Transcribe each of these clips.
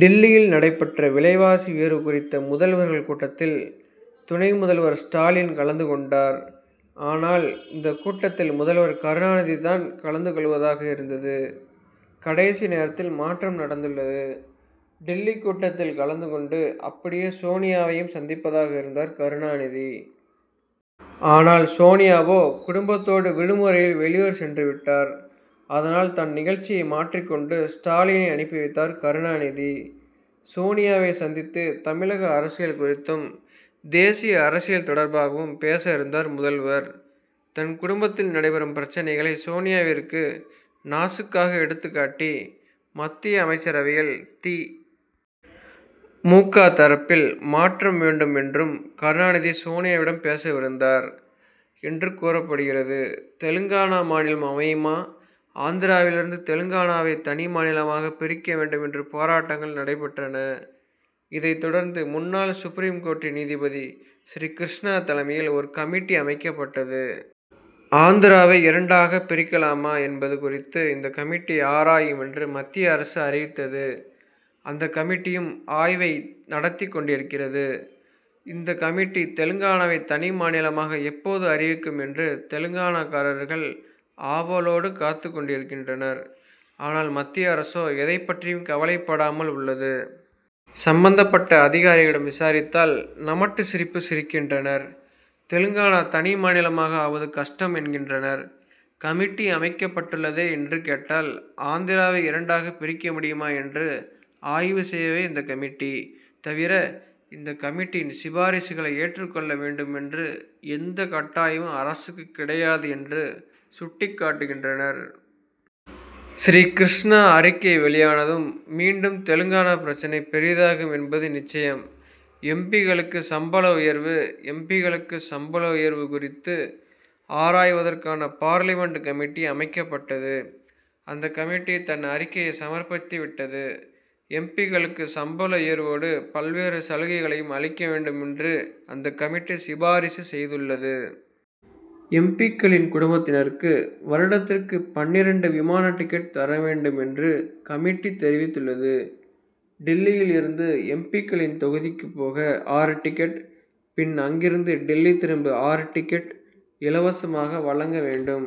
டில்லியில் நடைபெற்ற விலைவாசி உயர்வு குறித்த முதல்வர்கள் கூட்டத்தில் துணை முதல்வர் ஸ்டாலின் கலந்து கொண்டார். ஆனால், இந்தக் கூட்டத்தில் முதல்வர் கருணாநிதி தான் கலந்து கொள்வதாக இருந்தது. கடைசி நேரத்தில் மாற்றம் நடந்துள்ளது. டில்லி கூட்டத்தில் கலந்து கொண்டு அப்படியே சோனியாவையும் சந்திப்பதாக இருந்தார் கருணாநிதி. ஆனால், சோனியாவோ, குடும்பத்தோடு விடுமுறையில் வெளியூர் சென்றுவிட்டார். அதனால், தன் நிகழ்ச்சியை மாற்றிக் கொண்டு ஸ்டாலினை அனுப்பி வைத்தார் கருணாநிதி. சோனியாவை சந்தித்து தமிழக அரசியல் குறித்தும், தேசிய அரசியல் தொடர்பாகவும் பேச இருந்தார் முதல்வர். தன் குடும்பத்தில் நடைபெறும் பிரச்னைகளை சோனியாவிற்கு நாசூக்காக எடுத்துக் காட்டி, மத்திய அமைச்சரவையில் தி. மு. க., தரப்பில் மாற்றம் வேண்டும் என்றும் கருணாநிதி, சோனியாவிடம் பேசவிருந்தார் என்று கூறப்படுகிறது. தெலுங்கானா மாநிலம் அமையுமா? ஆந்திராவிலிருந்து தெலுங்கானாவை தனி மாநிலமாக பிரிக்க வேண்டும் என்று போராட்டங்கள் நடைபெற்றன. இதைத் தொடர்ந்து, முன்னாள் சுப்ரீம் கோர்ட் நீதிபதி ஸ்ரீகிருஷ்ணா தலைமையில், ஒரு கமிட்டி அமைக்கப்பட்டது. ஆந்திராவை இரண்டாகப் பிரிக்கலாமா என்பது குறித்து இந்த கமிட்டி ஆராயும் என்று மத்திய அரசு அறிவித்தது. அந்த கமிட்டியும் ஆய்வை நடத்திக் கொண்டிருக்கிறது. இந்த கமிட்டி தெலுங்கானாவை தனி மாநிலமாக எப்போது அறிவிக்கும் என்று தெலுங்கானாக்காரர்கள் ஆவலோடு காத்துக் கொண்டிருக்கின்றனர். ஆனால், மத்திய அரசோ எதைப் பற்றியும் கவலைப்படாமல் உள்ளது. சம்பந்தப்பட்ட அதிகாரிகளிடம் விசாரித்தால், நமட்டு சிரிப்பு சிரிக்கின்றனர். தெலுங்கானா தனி மாநிலமாக ஆவது கஷ்டம் என்கின்றனர். கமிட்டி அமைக்கப்பட்டுள்ளதே என்று கேட்டால், ஆந்திராவை இரண்டாகப் பிரிக்க முடியுமா என்று ஆய்வு செய்யவே இந்த கமிட்டி, தவிர இந்த கமிட்டியின் சிபாரிசுகளை ஏற்றுக் கொள்ள வேண்டும் என்று எந்த கட்டாயமும் அரசுக்குக் கிடையாது என்று சுட்டிக் காட்டுகின்றனர். ஸ்ரீகிருஷ்ணா அறிக்கை வெளியானதும் மீண்டும் தெலுங்கானா பிரச்னை பெரிதாகும் என்பது நிச்சயம். எம். பி.,க்களுக்கு சம்பள உயர்வு? எம். பி.,க்களுக்கு சம்பள உயர்வு குறித்து ஆராய்வதற்கான பார்லிமென்ட் கமிட்டி அமைக்கப்பட்டது. அந்த கமிட்டி தன் அறிக்கையை சமர்ப்பித்துவிட்டது. எம். பி.,க் களுக்கு சம்பள உயர்வோடு பல்வேறு சலுகைகளையும் அளிக்க வேண்டும் என்று அந்த கமிட்டி சிபாரிசு செய்துள்ளது. எம். பி.,க்களின் குடும்பத்தினருக்கு வருடத்திற்கு பன்னிரண்டு விமான டிக்கெட் தர வேண்டும் என்று கமிட்டி தெரிவித்துள்ளது. டில்லியிலிருந்து எம். பி.,க்களின் தொகுதிக்கு போக ஆறு டிக்கெட், பின் அங்கிருந்து டில்லி திரும்ப ஆறு டிக்கெட் இலவசமாக வழங்க வேண்டும்.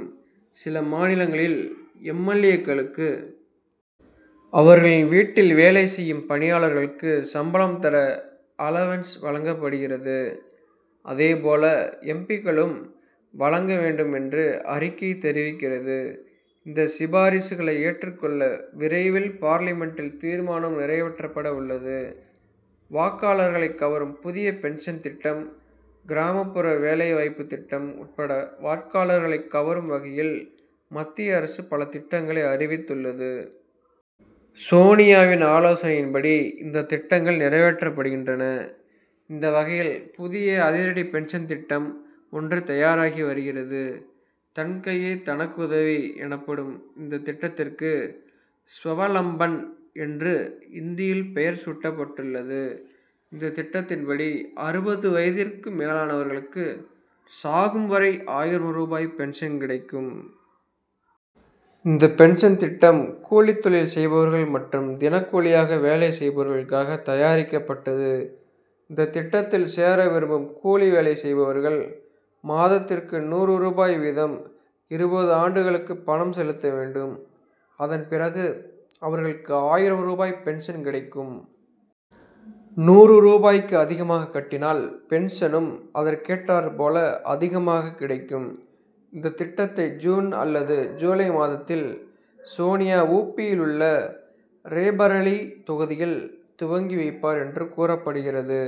சில மாநிலங்களில் எம். எல். ஏ.,க்களுக்கு அவர்களின் வீட்டில் வேலை செய்யும் பணியாளர்களுக்கு சம்பளம் தர, 'அலவன்ஸ்' வழங்கப்படுகிறது. அதே போல, எம். பி.,க்களும் வழங்க வேண்டும் என்று அறிக்கை தெரிவிக்கிறது. இந்த சிபாரிசுகளை ஏற்றுக் கொள்ள விரைவில், பார்லிமென்ட்டில் தீர்மானம் நிறைவேற்றப்பட உள்ளது. வாக்காளர்களை கவரும் புதிய பென்ஷன் திட்டம்: கிராமப்புற வேலை வாய்ப்பு திட்டம் உட்பட வாக்காளர்களைக் கவரும் வகையில், மத்திய அரசு பல திட்டங்களை அறிவித்துள்ளது. சோனியாவின் ஆலோசனையின்படி இந்த திட்டங்கள் நிறைவேற்றப்படுகின்றன. இந்த வகையில், புதிய அதிரடி பென்ஷன் திட்டம் ஒன்று தயாராகி வருகிறது. தன் கையே தனக்கு உதவி எனப்படும் இந்த திட்டத்திற்கு, 'ஸ்வவலம்பன்' என்று இந்தியில் பெயர் சூட்டப்பட்டுள்ளது. இந்த திட்டத்தின்படி, அறுபது வயதிற்கு மேலானவர்களுக்கு சாகும் வரை ஆயிரம் ரூபாய் பென்ஷன் கிடைக்கும். இந்த பென்ஷன் திட்டம் கூலித் தொழில் செய்பவர்கள் மற்றும் தினக்கூலியாக வேலை செய்பவர்களுக்காக தயாரிக்கப்பட்டது. இந்த திட்டத்தில் சேர விரும்பும் கூலி வேலை செய்பவர்கள் மாதத்திற்கு நூறு ரூபாய் வீதம் இருபது ஆண்டுகளுக்கு பணம் செலுத்த வேண்டும். அதன் பிறகு அவர்களுக்கு ஆயிரம் ரூபாய் பென்ஷன் கிடைக்கும். நூறு ரூபாய்க்கு அதிகமாக கட்டினால், பென்ஷனும் அதற்கேற்றாற் போல அதிகமாக கிடைக்கும். இந்த திட்டத்தை ஜூன் அல்லது ஜூலை மாதத்தில், சோனியா, உ. பி.,யில் உள்ள ரேபரேலி தொகுதியில் துவங்கி வைப்பார் என்று கூறப்படுகிறது.